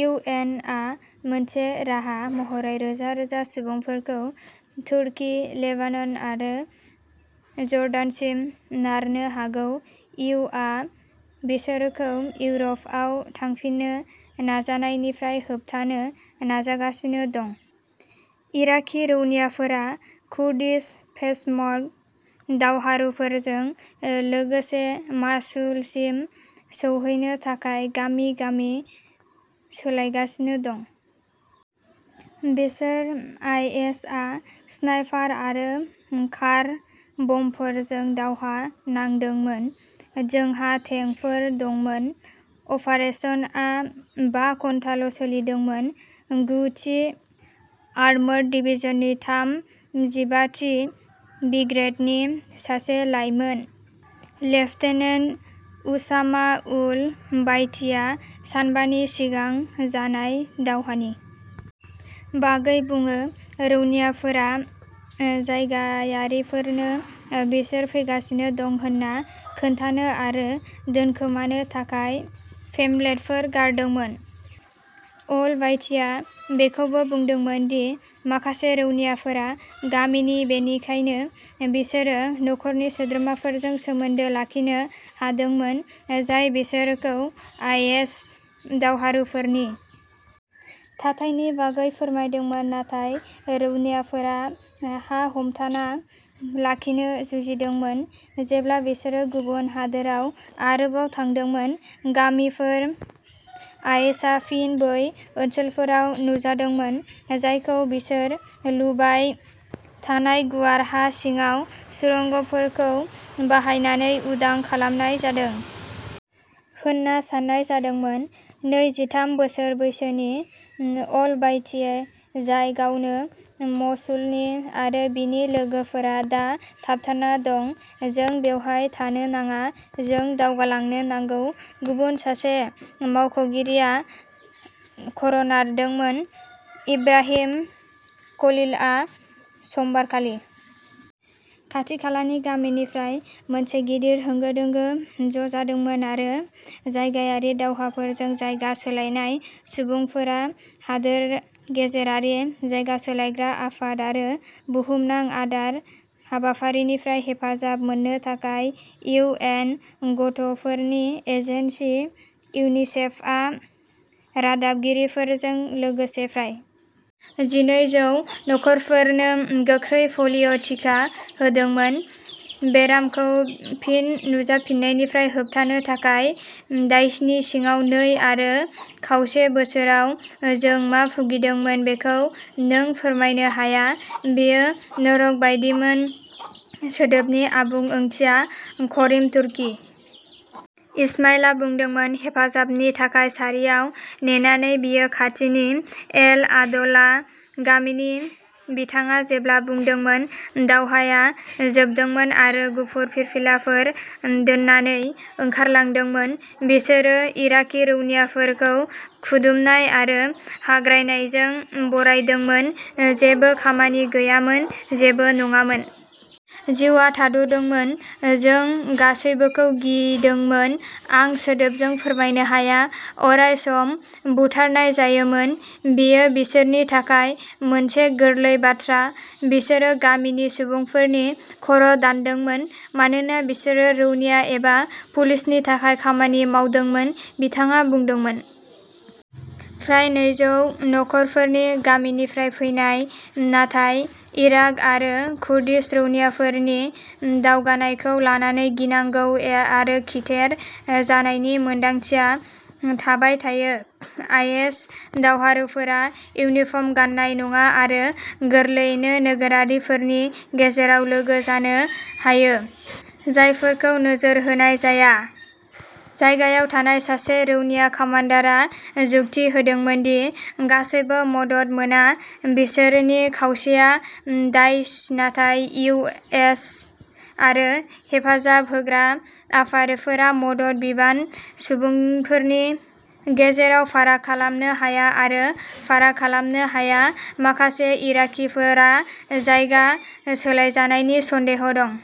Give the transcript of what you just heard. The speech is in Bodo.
इउ एन आ मोनसे राहा महरै रोजा रोजा सुबुंफोरखौ तुर्की लेबानन आरो जर्डानसिम नारनो हागौ इउ आ बिसोरखौ इउर'पआव थांफिननो नाजानायनिफ्राय होबथानो नाजागासिनो दं। इराकी रौनियाफोरा कुर्दिश पेशमर्गा दावहारुफोरजों लोगोसे मसुलसिम सौहैनो थाखाय गामि गामि सोलायगासिनो दं। बिसोर आइएस आ स्नाइपार आरो कार बमफोरजों दावहा नांदोंमोन जोंहा टेंकफोर दंमोन अपारेसनआ बा घन्टाल'सोलिदोंमोन गु थि आर्मर्ड डिभिजननि थाम जिबा थि ब्रिगेडनि सासे लाइमोन लेफ्टेनेन्ट उसामा अल बायतीआ सानबानि सिगां जानाय दावहानि बागै बुङो रौनियाफोरा जायगायारिफोरनो बिसोर फैगासिनो दं होन्ना खोन्थानो आरो दोनखोमानो थाखाय पेम्फलेटफोर गारदोंमोन अल बायतीआ बेखौबो बुंदोंमोन दि माखासे रौनियाफोरा गामिनि बेनिखायनो बिसोरो नखरनि सोद्रोमाफोरजों सोमोन्दो लाखिनो हादोंमोन जाय बिसोरखौ आइएस दावहारुफोरनि थाथायनि बागै फोरमायदोंमोन नाथाय रौनियाफोरा हा हमथाना लाखिनो जुजिदोंमोन जेब्ला बिसोरो गुबुन हादोराव आरोबाव थांदोंमोन गामिफोर आइएसआ फिन बै ओनसोलफोराव नुजादोंमोन जायखौ बिसोर लुबाय थानाय गुवार हा सिङाव सुरंगफोरखौ बाहायनानै उदां खालामनाय जादों होनना साननाय जादोंमोन नै जिथाम बोसोर बैसोनि अल बायती जाय गावनो मसुलनि आरो बिनि लोगोफोरा दा थाबथाना दं जों बेवहाय थानो नाङा जों दावगालांनो नांगौ गुबुन सासे मावख'गिरिआ खर'नारदोंमोन इब्राहिम खलीलआव समबार खालि खाथिखालानि गामिफोरनिफ्राय मोनसे गिदिर होंगो दोंगो ज'जादोंमोन आरो जायगायारि दावहाफोरजों जायगा सोलायनाय सुबुंफोरा हादोर गेजेरारि जायगा सोलायग्रा आफाद आरो बुहुमनां आदार हाबाफारिनिफ्राय हेफाजाब मोननो थाखाय इउ एन गथ'फोरनि एजेन्सि इउनिसेफआ रादाबगिरिफोरजों लोगोसे प्राय जिनै जौ नखरफोरनो गोख्रै पलिय टिका होदोंमोन बेरामखौ फिन नुजाफिननायनिफ्राय होबथानो थाखाय दाइशनि सिङाव नै आरो खावसे बोसोराव जों मा भुगिदोंमोन बेखौ नों फोरमायनो हाया बेयो नरक बायदिमोन सोदोबनि आबुं ओंथिया घरिम तुर्कि इसमाइलआ बुंदोंमोन हेफाजाबनि थाखाय सारियाव नेनानै बियो खाथिनि एल आदला गामिनि बिथाङा जेब्ला बुंदोंमोन दावहाया जोबदोंमोन आरो गुफुर फिरफिलाफोर दोननानै ओंखारलांदोंमोन बिसोरो इराकी रौनियाफोरखौ खुदुमनाय आरो हाग्रायनायजों बरायदोंमोन जेबो खामानि गैयामोन जेबो नङामोन जिउआ थाद'दोंमोन जों गासैबोखौ गिदोंमोन आं सोदोबजों फोरमायनो हाया अराय सम बुथारनाय जायोमोन बेयो बिसोरनि थाखाय मोनसे गोरलै बाथ्रा बिसोरो गामिनि सुबुंफोरनि खर'दानदोंमोन मानोना बिसोरो रौनिया एबा पुलिसनि थाखाय खामानि मावदोंमोन बिथाङा बुंदोंमोन फ्राय नैजौ नखरफोरनि गामिनिफ्राय फैनाय नाथाय इराक आरो कुर्दिश रौनियाफोरनि दावगानायखौ लानानै गिनांगौ आरो खिथेर जानायनि मोन्दांथिया थाबाय थायो आइएस दावहारुफोरा इउनिफर्म गान्नाय नङा आरो गोरलैयैनो नोगोरारिफोरनि गेजेराव लोगो जानो हायो जायफोरखौ नोजोर होनाय जाया जायगायाव थानाय सासे रौनिया कामान्डारा जुक्ति होदोंमोन दि गासैबो मदद मोना बिसोरनि खावसेया दाइश नाथाय इउ एस आरो हेफाजाब होग्रा आफादफोरा मदद बिबान सुबुंफोरनि गेजेराव फाराग खालामनो हाया आरो फाराग खालामनो हाया माखासे इराकीफोरा जायगा सोलायजानायनि सन्देह दं।